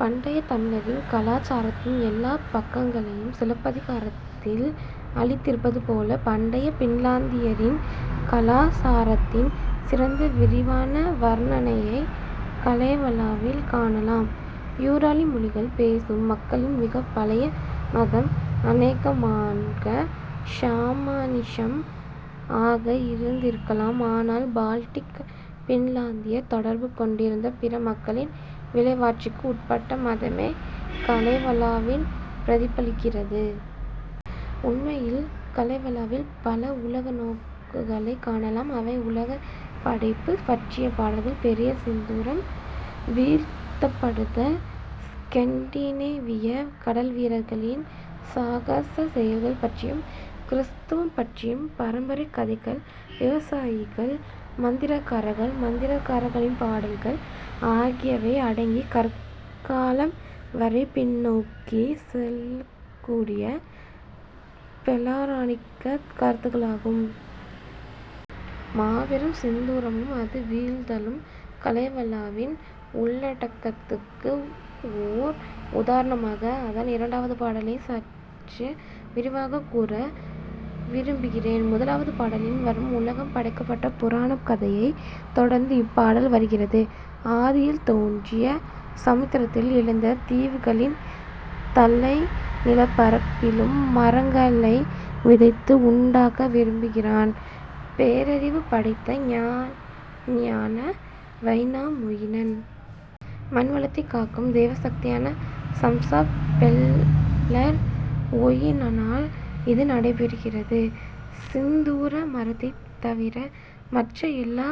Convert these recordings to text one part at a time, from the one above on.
பண்டைய தமிழரின் கலாசாரத்தின் எல்லாப் பக்கங்களையும் சிலப்பதிகாரத்தில் அளித்திருப்பது போல பண்டைய பின்லாந்தியரின் கலாசாரத்தின் சிறந்த விரிவான வர்ணனையைக் கலேவலாவில் காணலாம். யூராலிக் மொழிகள் பேசும் மக்களின் மிகப் பழைய மதம் அனேகமாக ஷமானிசம் ஆக இருந்திருக்கலாம் ஆனால் பால்டிக் பின்லாந்தியர் தொடர்பு கொண்டிருந்த பிற மக்களின் விளைவாட்சிக்கு உட்பட்ட மதமே கலேவலாவில் பிரதிபலிக்கிறது. உண்மையில் கலேவலாவில் பல உலக நோக்குகளைக் காணலாம் அவை உலகப் படைப்புப் பற்றிய பாடல்கள் பெரிய சிந்தூரம் வீழ்த்தப் படுதல் ஸ்கன்டினேவியக் கடல்வீரர்களின் சாகசச் செயல்கள் பற்றியும் கிறிஸ்துவம் பற்றியும் பரம்பரைக் கதைகள் விவசாயிகள் மந்திரக்காரர்கள் மந்திரக்காரிகளின் பாடல்கள் ஆகியவை அடங்கிய கற்காலம் வரை பின்நோக்கிச் செல்லக்கூடிய பெளராணிகக் கருத்துகளாகும். மாபெரும் சிந்தூரமும் அது வீழ்தலும் கலேவலாவின் உள்ளடக்கத்துக்கு ஓர் உதாரணமாக அதன் இரண்டாவது பாடலைச் சற்று விரிவாகக் கூற விரும்புகிறேன் முதலாவது பாடலில் வரும் உலகம் படைக்கப்பட்ட புராணக் கதையைத் தொடர்ந்து இப்பாடல் வருகிறது. ஆதியில் தோன்றிய சமுத்திரத்தில் எழுந்த தீவுகளிலும் தலைநிலப் பரப்பிலும் மரங்களை விதைத்து உண்டாக்க விரும்புகிறான் பேரறிவு படைத்த ஞானியான வைனாமொயினன். மண்வளத்தைக் காக்கும் தேவசக்தியான சம்ஸா பெல்லர்வொயினனால் இது நடைபெறுகிறது. சிந்தூர மரத்தைத் தவிர மற்ற எல்லா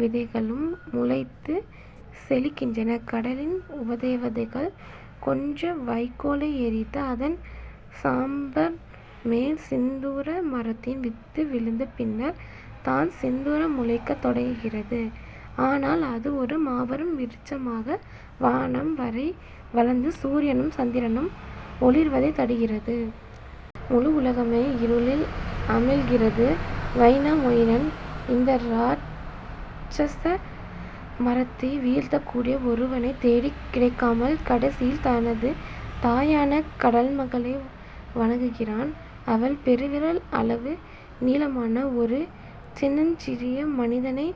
விதைகளும் முளைத்துச் செழிக்கின்றன. கடலின் உபதேவதைகள் கொஞ்ச வைக்கோலை எரித்து அதன் சாம்பர்மேல் சிந்தூர மரத்தின் வித்து விழுந்த பின்னர் தான் சிந்தூரம் முளைக்கத் தொடங்குகிறது. ஆனால் அது ஒரு மாபெரும் விருட்சமாக வானம் வரை வளர்ந்து சூரியனும் சந்திரனும் ஒளிர்வதைத் தடுக்கிறது. முழு உலகமே இருளில் அமிழ்கிறது. வைனாமொயினன் இந்த இராட்சச மரத்தை வீழ்த்தக் கூடிய ஒருவனைத் தேடிக் கிடைக்காமல் கடைசியில் தனது தாயான கடல்மகளை வணங்குகிறான். அவள் பெருவிரல் அளவு நீளமான ஒரு சின்னஞ்சிறிய மனிதனை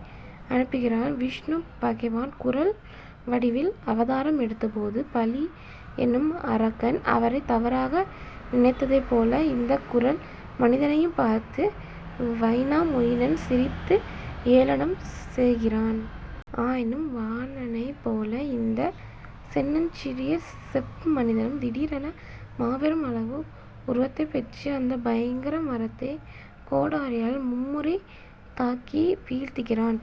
அனுப்புகிறாள் விஷ்ணு பகவான் குறள் வடிவில் அவதாரம் எடுத்த போது பலி என்னும் அரக்கன் அவரைத் தவறாக நினைத்ததைபோல இந்தக் குறள் மனிதனையும் பார்த்து வைனாமொயினன் சிரித்து ஏளனம் செய்கிறான். ஆயினும் வாமனனைப் போல இந்தச் சின்னஞ்சிறிய செப்பு மனிதனும் திடீரென மாபெரும் அளவு உருவத்தைப் பெற்று அந்தப் பயங்கர மரத்தைக் கோடாரியால் மும்முறை தாக்கி வீழ்த்துகிறான்.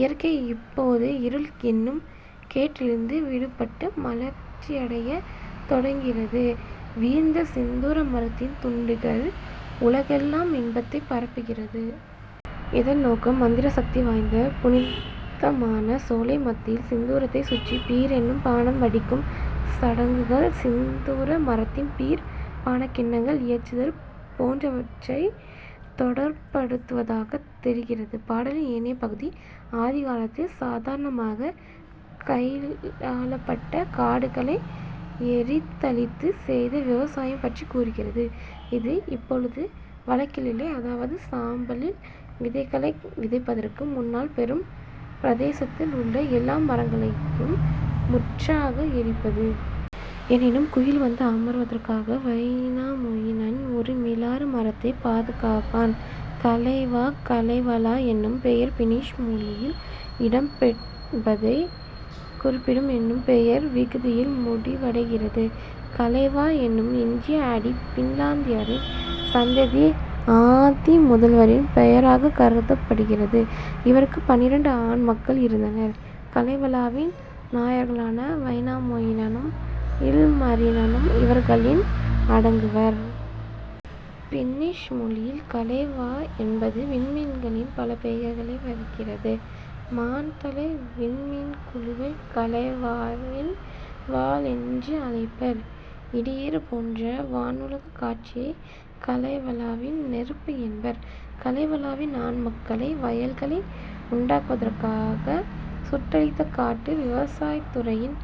இயற்கை இப்பொழுது இருள் என்னும் கேட்டிலிருந்து விடுபட்டு மலர்ச்சியடையத் தொடங்குகிறது. வீழ்ந்த சிந்தூர மரத்தின் துண்டுகள் உலகெல்லாம் இன்பத்தைப் பரப்புகிறது. இதன் நோக்கம் மந்திர சக்தி வாய்ந்த புனிதமான சோலை மத்தியில் சிந்தூரத்தைச் சுற்றி பீர் என்னும் பானம் வடிக்கும் சடங்குகள் சிந்தூர மரத்தில் பீர் பானக் கிண்ணங்கள் இயற்றுதல் போன்றவற்றைத் தொடர்புபடுத்துவதாகத் தெரிகிறது. பாடலின் ஏனைய பகுதி ஆதிகாலத்தில் சாதாரணமாகக் கையாளப்பட்ட காடுகளை எரித்தழித்துச் செய்த விவசாயம் பற்றிக் கூறுகிறது இது இப்பொழுது வழக்கிலில்லை அதாவது சாம்பலில் விதைகளை விதைப்பதற்கு முன்னால் பெரும் பிரதேசத்தில் உள்ள எல்லா மரங்களையும் முற்றாக எரிப்பது. எனினும் குயில் வந்து அமர்வதற்காக வைனாமொயினன் ஒரு மிலாறு மரத்தைப் பாதுகாப்பான். கலேவா கலேவலா என்னும் பெயர் பின்னிஷ் மொழியில் இடம் என்பதைக் குறிப்பிடும் என்னும் பெயர் விகுதியில் முடிவடைகிறது. கலேவா என்னும் எஞ்சிய அடி பின்லாந்தியரின் சந்ததியின் ஆதிமுதல்வரின் பெயராகக் கருதப்படுகிறது. இவருக்கு பன்னிரண்டு ஆண் மக்கள் இருந்தனர் கலேவலாவின் நாயகர்களான வைனாமொயினனும் இல்மரினனும் இவர்களில் அடங்குவர். பின்னிஷ் மொழியில் கலேவா என்பது விண்மீன்களின் பல பெயர்களாக வருகிறது மான்தலை விண்மீன்குழுவை கலேவாவின் வாள் என்று அழைப்பர். இடியேறு போன்ற வானுலகக் காட்சியை கலேவலாவின் நெருப்பு என்பர். கலேவாவின் ஆண் மக்களை வயல்களை உண்டாக்குவதற்காக சுட்டழித்த காட்டு விவசாயத்துறையின்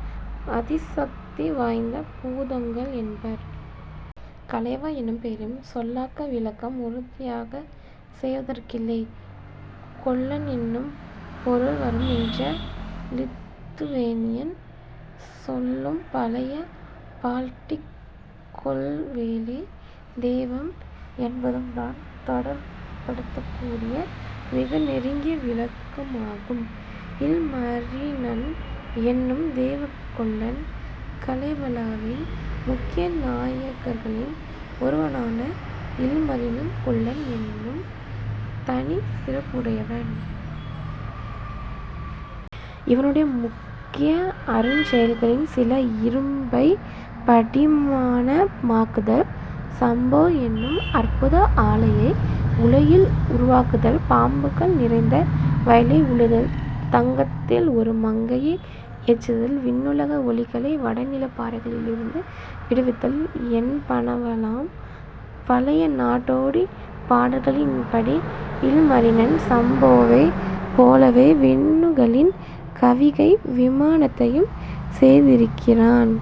அதிசக்தி வாய்ந்த பூதங்கள் என்பர். கலேவா என்னும் பெயரின் சொல்லாக்க விளக்கம் உறுதியாக சொல்வதற்கில்லை. கொல்லன் என்னும் பொருள் வரும் என்ற லித்துவேனியன் சொல்லும் பழைய பால்டிக் கொல்வேலைத் தெய்வம் என்பதும் தான் தொடர்புபடுத்தக்கூடிய மிக நெருங்கிய விளக்கமாகும். இல்மரினன் என்னும் தேவ கொல்லன் கலேவலாவின் முக்கிய நாயகர்களில் ஒருவனான இல்மரினன் கொல்லன் என்னும் தனிச் சிறப்புடையவன். இவனுடைய முக்கிய அருஞ்செயல்களில் சில இரும்பைப் படிமானமாக்குதல் சம்போ என்னும் அற்புத ஆலையை உலையில் உருவாக்குதல் பாம்புகள் நிறைந்த வயலை உழுதல் தங்கத்தில் ஒரு மங்கையை இயற்றுதல் விண்ணுலக ஒளிகளை வடநிலப் பாறைகளிலிருந்து விடுவித்தல் என்பனவாம். பழைய நாடோடிப் பாடல்களின்படி இல்மரினன் சம்போவைப் போலவே விண்ணுலகின் கவிகை விமானத்தையும் செய்திருக்கிறான்.